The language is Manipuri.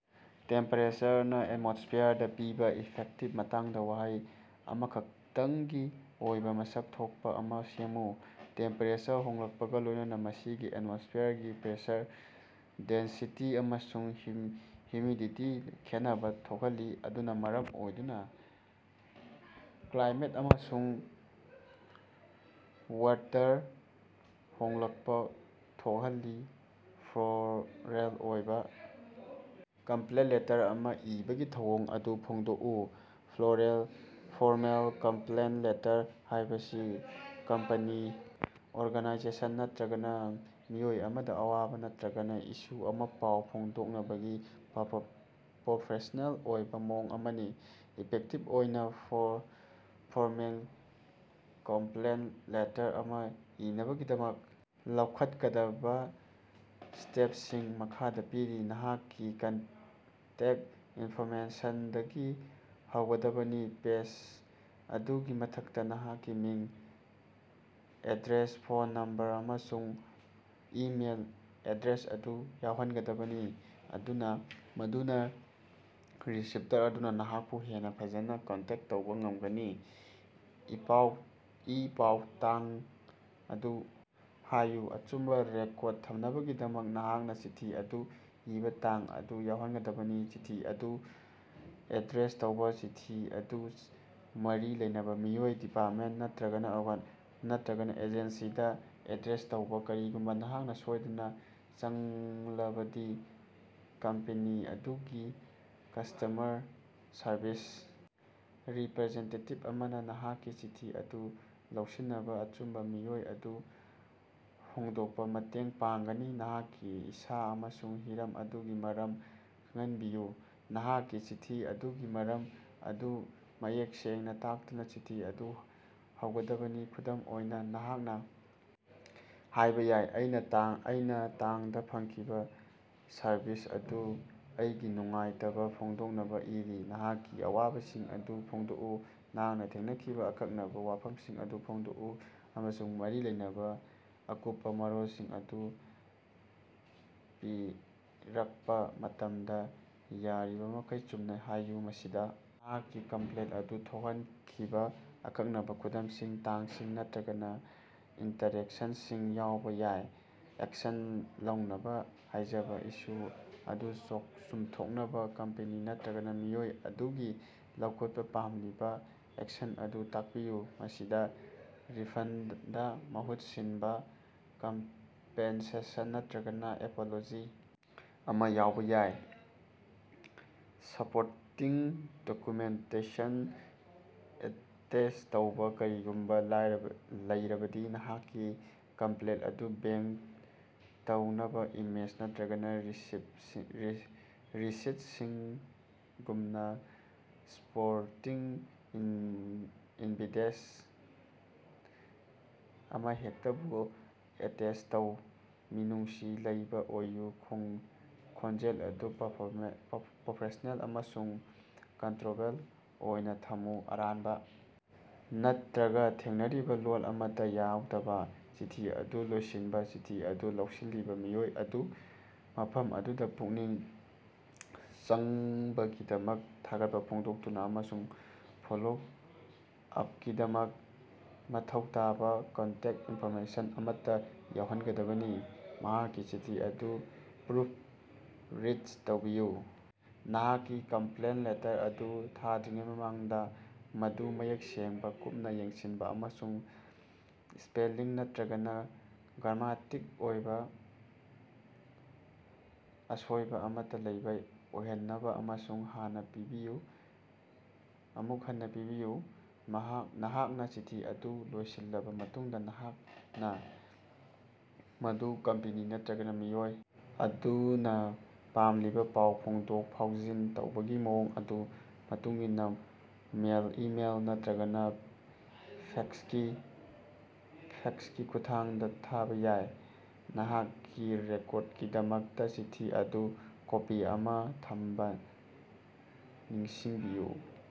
ꯇꯦꯝꯄꯦꯔꯦꯆꯔꯅ ꯑꯦꯠꯃꯣꯁ꯭ꯐꯤꯌꯔꯗ ꯄꯤꯕ ꯏꯐꯦꯛꯀꯤ ꯃꯇꯥꯡꯗ ꯋꯥꯍꯩ ꯑꯃꯈꯛꯇꯪꯒꯤ ꯑꯣꯏꯕ ꯃꯁꯛ ꯈꯪꯗꯣꯛꯄ ꯑꯃꯥ ꯁꯦꯝꯃꯨ꯫ ꯇꯦꯝꯄꯦꯔꯦꯆꯔ ꯍꯣꯡꯂꯛꯄꯒ ꯂꯣꯏꯅꯅꯥ ꯃꯁꯤꯅ ꯑꯦꯠꯃꯣꯁ꯭ꯐꯤꯌꯔꯒꯤ ꯄ꯭ꯔꯦꯁꯔ, ꯗꯦꯟꯁꯤꯇꯤ ꯑꯃꯁꯨꯡ ꯍꯨꯃꯤꯗꯤꯇꯤꯗ ꯈꯦꯠꯅꯕ ꯊꯣꯛꯍꯜꯂꯤ, ꯃꯗꯨꯅ ꯃꯔꯝ ꯑꯣꯏꯗꯨꯅ ꯀ꯭ꯂꯥꯏꯃꯦꯠ ꯑꯃꯁꯨꯡ ꯋꯦꯗꯔ ꯍꯣꯡꯂꯛꯄ ꯊꯣꯛꯍꯜꯂꯤ꯫ ꯐꯣꯔꯃꯦꯜ ꯑꯣꯏꯕ ꯀꯝꯄ‌꯭ꯂꯦꯟ ꯂꯦꯇꯔ ꯑꯃꯥ ꯏꯕꯒꯤ ꯊꯧꯑꯣꯡ ꯑꯗꯨ ꯐꯣꯡꯗꯣꯛꯎ꯫ ꯐꯣꯔꯃꯦꯜ ꯀꯝꯄ‍꯭ꯂꯦꯟ ꯂꯦꯇꯔ ꯍꯥꯏꯕꯁꯤ ꯀꯝꯄꯅꯤ, ꯑꯣꯔꯒꯥꯅꯥꯏꯖꯦꯁꯟ ꯅꯠꯇ꯭ꯔꯒ ꯃꯤꯑꯣꯏ ꯑꯃꯗ ꯑꯋꯥꯕ ꯅꯠꯇꯔꯒ ꯏꯁꯨ ꯑꯃꯥ ꯄꯥꯎ ꯐꯥꯎꯗꯣꯛꯅꯕꯒꯤ ꯄ꯭ꯔꯣꯐꯦꯁꯅꯦꯜ ꯑꯣꯏꯕ ꯃꯑꯣꯡ ꯑꯃꯅꯤ꯫ ꯏꯐꯦꯛꯇꯤꯚ ꯑꯣꯏꯕ ꯐꯣꯔꯃꯦꯜ ꯀꯝꯄ꯭ꯂꯦꯟꯠ ꯂꯦꯇꯔ ꯑꯃ ꯏꯅꯕꯒꯤꯗꯃꯛ ꯂꯧꯈꯠꯀꯗꯕ ꯁ꯭ꯇꯦꯞꯁꯤꯡ ꯃꯈꯥꯗ ꯄꯤꯔꯤ: ꯅꯍꯥꯛꯀꯤ ꯀꯟꯇꯦꯛ ꯏꯟꯐꯣꯔꯃꯦꯁꯟꯗꯒꯤ ꯍꯧꯒꯗꯕꯅꯤ: ꯄꯦꯖ ꯑꯗꯨꯒꯤ ꯃꯊꯛꯇ, ꯅꯍꯥꯛꯀꯤ ꯃꯤꯡ, ꯑꯦꯗ꯭ꯔꯦꯁ, ꯐꯣꯟ ꯅꯝꯕꯔ, ꯑꯃꯁꯨꯡ ꯏꯃꯦꯏꯜ ꯑꯦꯗ꯭ꯔꯦꯁ ꯑꯗꯨ ꯌꯥꯎꯍꯟꯒꯗꯕꯅꯤ, ꯃꯗꯨꯅ ꯔꯤꯁꯤꯞꯇꯔ ꯑꯗꯨꯅ ꯅꯍꯥꯛꯄꯨ ꯍꯦꯟꯅ ꯐꯖꯅ ꯀꯟꯇꯦꯛ ꯇꯧꯕꯥ ꯉꯝꯒꯅꯤ꯫ ꯏꯄꯥꯎ ꯇꯥꯡ ꯑꯗꯨ ꯍꯥꯏꯌꯨ: ꯑꯆꯨꯝꯕ ꯔꯦꯀꯣꯔꯗ ꯊꯝꯅꯕꯒꯤꯗꯃꯛ ꯅꯍꯥꯛꯅ ꯆꯤꯊꯤ ꯑꯗꯨ ꯏꯕ ꯇꯥꯡ ꯑꯗꯨ ꯌꯥꯎꯍꯟꯒꯗꯕꯅꯤ꯫ ꯆꯤꯊꯤ ꯑꯗꯨ ꯑꯦꯗ꯭ꯔꯦꯁ ꯇꯧꯕꯥ: ꯆꯤꯊꯤ ꯑꯗꯨ ꯃꯔꯤ ꯂꯩꯅꯕ ꯃꯤꯑꯣꯏ, ꯗꯤꯄꯥꯔꯠꯃꯦꯟꯇ ꯅꯠꯇꯔꯒ ꯑꯦꯖꯦꯟꯁꯤꯗ ꯑꯦꯗ꯭ꯔꯦꯁ ꯇꯧꯕ꯫ ꯀꯔꯤꯒꯨꯝꯕ ꯅꯍꯥꯛꯅ ꯁꯣꯏꯗꯅ ꯈꯪꯂꯕꯗꯤ, ꯀꯝꯄꯅꯤ ꯑꯗꯨꯒꯤ ꯀꯁ꯭ꯇꯃꯔ ꯁꯔꯚꯤꯁ ꯔꯤꯄꯔꯖꯦꯟꯇꯦꯇꯤꯚ ꯑꯃꯅ ꯅꯍꯥꯛꯀꯤ ꯆꯤꯊꯤ ꯑꯗꯨ ꯂꯧꯁꯤꯟꯅꯕ ꯑꯆꯨꯝꯕ ꯃꯤꯑꯣꯏ ꯑꯗꯨ ꯈꯪꯗꯣꯛꯄꯗ ꯃꯇꯦꯡ ꯄꯥꯡꯒꯅꯤ꯫ ꯅꯍꯥꯛꯀꯤ ꯏꯁꯥ ꯑꯃꯁꯨꯡ ꯍꯤꯔꯝ ꯑꯗꯨꯒꯤ ꯃꯔꯝꯗ ꯈꯪꯍꯟꯕꯤꯌꯨ: ꯅꯍꯥꯛꯀꯤ ꯆꯤꯊꯤ ꯑꯗꯨꯒꯤ ꯃꯔꯝ ꯑꯗꯨ ꯃꯌꯦꯛ ꯁꯦꯡꯅ ꯇꯥꯛꯇꯨꯅ ꯆꯤꯊꯤ ꯑꯗꯨ ꯍꯧꯒꯗꯕꯅꯤ꯫ ꯈꯨꯗꯝ ꯑꯣꯏꯅ, ꯅꯍꯥꯛꯅ ꯍꯥꯏꯕ ꯌꯥꯏ, ꯑꯩꯅꯥ ꯇꯥꯡꯗꯥ ꯐꯪꯈꯤꯕ ꯁꯔꯚꯤꯁ ꯑꯗꯨꯗ ꯑꯩꯒꯤ ꯅꯨꯡꯉꯥꯏꯇꯕ ꯐꯣꯡꯗꯣꯛꯅꯕꯥ ꯏꯔꯤ꯫ ꯅꯍꯥꯛꯀꯤ ꯑꯋꯥꯕꯁꯤꯡ ꯑꯗꯨ ꯐꯣꯡꯗꯣꯛꯎ: ꯅꯍꯥꯛꯅ ꯊꯦꯡꯅꯈꯤꯕ ꯑꯀꯛꯅꯕ ꯋꯥꯐꯝꯁꯤꯡ ꯑꯗꯨ ꯐꯣꯡꯗꯣꯛꯎ, ꯑꯃꯁꯨꯡ ꯃꯔꯤ ꯂꯩꯅꯕ ꯑꯀꯨꯞꯄ ꯃꯔꯣꯜꯁꯤꯡ ꯑꯗꯨ ꯄꯤꯔꯛꯄ ꯃꯇꯝꯗ ꯌꯥꯔꯤꯕꯃꯈꯩ ꯆꯨꯝꯅ ꯍꯥꯏꯌꯨ꯫ ꯃꯁꯤꯗ ꯅꯍꯥꯛꯀꯤ ꯀꯝꯄ꯭ꯂꯦꯟꯠ ꯑꯗꯨ ꯊꯣꯛꯍꯟꯈꯤꯕ ꯑꯀꯛꯅꯕ ꯈꯨꯗꯝꯁꯤꯡ, ꯇꯥꯡꯁꯤꯡ ꯅꯠꯇꯔꯒ ꯏꯟꯇꯔꯦꯛꯁꯟꯁꯤꯡ ꯌꯥꯎꯕ ꯌꯥꯏ꯫ ꯑꯦꯛꯁꯟ ꯂꯧꯅꯕꯥ ꯍꯥꯏꯖꯕꯥ: ꯏꯁꯨ ꯑꯗꯨ ꯆꯨꯝꯊꯣꯛꯅꯕ ꯀꯝꯄꯅꯤ ꯅꯠꯇꯔꯒ ꯃꯤꯑꯣꯏ ꯑꯗꯨꯅ ꯂꯧꯈꯠꯄ ꯄꯥꯝꯂꯤꯕ ꯑꯦꯛꯁꯟ ꯑꯗꯨ ꯇꯥꯛꯄꯤꯌꯨ꯫ ꯃꯁꯤꯗ ꯔꯤꯐꯟꯗ, ꯃꯍꯨꯠ ꯁꯤꯟꯕ, ꯀꯝꯄꯦꯟꯁꯦꯁꯟ ꯅꯠꯇꯔꯒ ꯑꯦꯄꯣꯂꯣꯖꯤ ꯑꯃꯥ ꯌꯥꯎꯕ ꯌꯥꯏ꯫ ꯁ‌꯭ꯄꯣꯔꯇꯤꯡ ꯗꯣꯀ꯭ꯌꯨꯃꯦꯟꯇꯦꯁꯟ ꯑꯦꯇꯦꯆ ꯇꯧꯕꯥ: ꯀꯔꯤꯒꯨꯝꯕ ꯂꯩꯔꯕꯗꯤ, ꯅꯍꯥꯛꯀꯤ ꯀꯝꯄ꯭ꯂꯦꯟꯇ ꯑꯗꯨ ꯕꯦꯛ ꯇꯧꯅꯕ ꯏꯃꯦꯖ ꯅꯠꯇꯔꯒ ꯔꯤꯁꯤꯠꯁꯤꯡꯒꯨꯝꯕ ꯁ꯭ꯄꯣꯔꯇꯤꯡ ꯏꯚꯤꯗꯦꯟꯁ ꯑꯃꯍꯦꯛꯇꯕꯨ ꯑꯦꯇꯦꯆ ꯇꯧ꯫ ꯃꯤꯅꯨꯡꯁꯤ ꯂꯩꯕ ꯑꯣꯏꯌꯨ: ꯈꯣꯟꯖꯦꯜ ꯑꯗꯨ ꯄ꯭ꯔꯣꯐꯦꯁ꯭ꯅꯦꯜ ꯑꯃꯁꯨꯡ ꯀꯣꯔꯇꯦꯕꯜ ꯑꯣꯏꯅ ꯊꯝꯃꯨ, ꯑꯔꯥꯟꯕ ꯅꯠꯇꯔꯒ ꯊꯦꯡꯅꯔꯤꯕ ꯂꯣꯜ ꯑꯃꯠꯇ ꯌꯥꯎꯗꯅ꯫ ꯆꯤꯊꯤ ꯑꯗꯨ ꯂꯣꯏꯁꯤꯟꯕ: ꯆꯤꯊꯤ ꯑꯗꯨ ꯂꯧꯁꯤꯜꯂꯤꯕ ꯃꯤꯑꯣꯏ ꯑꯗꯨꯅ ꯋꯥꯐꯝ ꯑꯗꯨꯗ ꯄꯨꯛꯅꯤꯡ ꯆꯪꯕꯒꯤꯗꯃꯛ ꯊꯥꯒꯠꯄ ꯐꯣꯡꯗꯣꯛꯇꯨꯅ ꯑꯃꯁꯨꯡ ꯐꯣꯂꯣ-ꯑꯞꯀꯤꯗꯃꯛꯇ ꯃꯊꯧ ꯇꯥꯕ ꯀꯟꯇꯦꯛ ꯏꯟꯐꯣꯔꯃꯦꯁꯟ ꯑꯃꯠꯇ ꯌꯥꯎꯍꯟꯒꯗꯕꯅꯤ꯫ ꯅꯍꯥꯛꯀꯤ ꯆꯤꯊꯤ ꯑꯗꯨ ꯄ꯭ꯔꯨꯐ ꯔꯤꯠ ꯇꯧꯕꯤꯌꯨ: ꯅꯍꯥꯛꯀꯤ ꯀꯝꯄ꯭ꯂꯦꯟ ꯂꯦꯇꯔ ꯑꯗꯨ ꯊꯥꯗ꯭ꯔꯤꯉꯩ ꯃꯃꯥꯡꯗ, ꯃꯗꯨ ꯃꯌꯦꯛ ꯁꯦꯡꯕ, ꯀꯨꯞꯅ ꯌꯦꯡꯁꯤꯟꯕ ꯑꯃꯁꯨꯡ ꯁ꯭ꯄꯦꯂꯤꯡ ꯅꯠꯇꯔꯒ ꯒ꯭ꯔꯥꯃꯦꯇꯤꯛ ꯑꯣꯏꯕ ꯑꯁꯣꯏꯕ ꯑꯃꯠꯇꯥ ꯂꯩꯇꯕ ꯑꯣꯏꯍꯟꯅꯕ ꯑꯃꯨꯛ ꯍꯟꯅ ꯄꯥꯕꯤꯌꯨ꯫ ꯅꯍꯥꯛꯅ ꯆꯤꯊꯤ ꯑꯗꯨ ꯂꯣꯏꯁꯤꯜꯂꯕ ꯃꯇꯨꯡꯗ, ꯅꯍꯥꯛꯅ ꯃꯗꯨ ꯀꯝꯄꯅꯤ ꯅꯠꯇ꯭ꯔꯒ ꯃꯤꯑꯣꯏ ꯑꯗꯨꯅ ꯄꯥꯝꯂꯤꯕꯥ ꯄꯥꯎ ꯐꯥꯎꯗꯣꯛ-ꯐꯥꯎꯖꯤꯟ ꯇꯧꯕꯒꯤ ꯃꯑꯣꯡ ꯑꯗꯨꯒꯤ ꯃꯇꯨꯡꯏꯟꯅ ꯃꯦꯏꯜ, ꯏꯃꯦꯏꯜ ꯅꯠꯇ꯭ꯔꯒ ꯐꯦꯛꯁꯀꯤ ꯈꯨꯠꯊꯥꯡꯗ ꯊꯥꯕ ꯌꯥꯏ꯫ ꯅꯍꯥꯛꯀꯤ ꯔꯦꯀꯣꯔꯗꯀꯤꯗꯃꯛꯇ ꯆꯤꯊꯤ ꯑꯗꯨꯒꯤ ꯀꯣꯄꯤ ꯑꯃꯥ ꯊꯝꯕꯥ ꯅꯤꯡꯁꯤꯡꯕꯤꯌꯨ꯫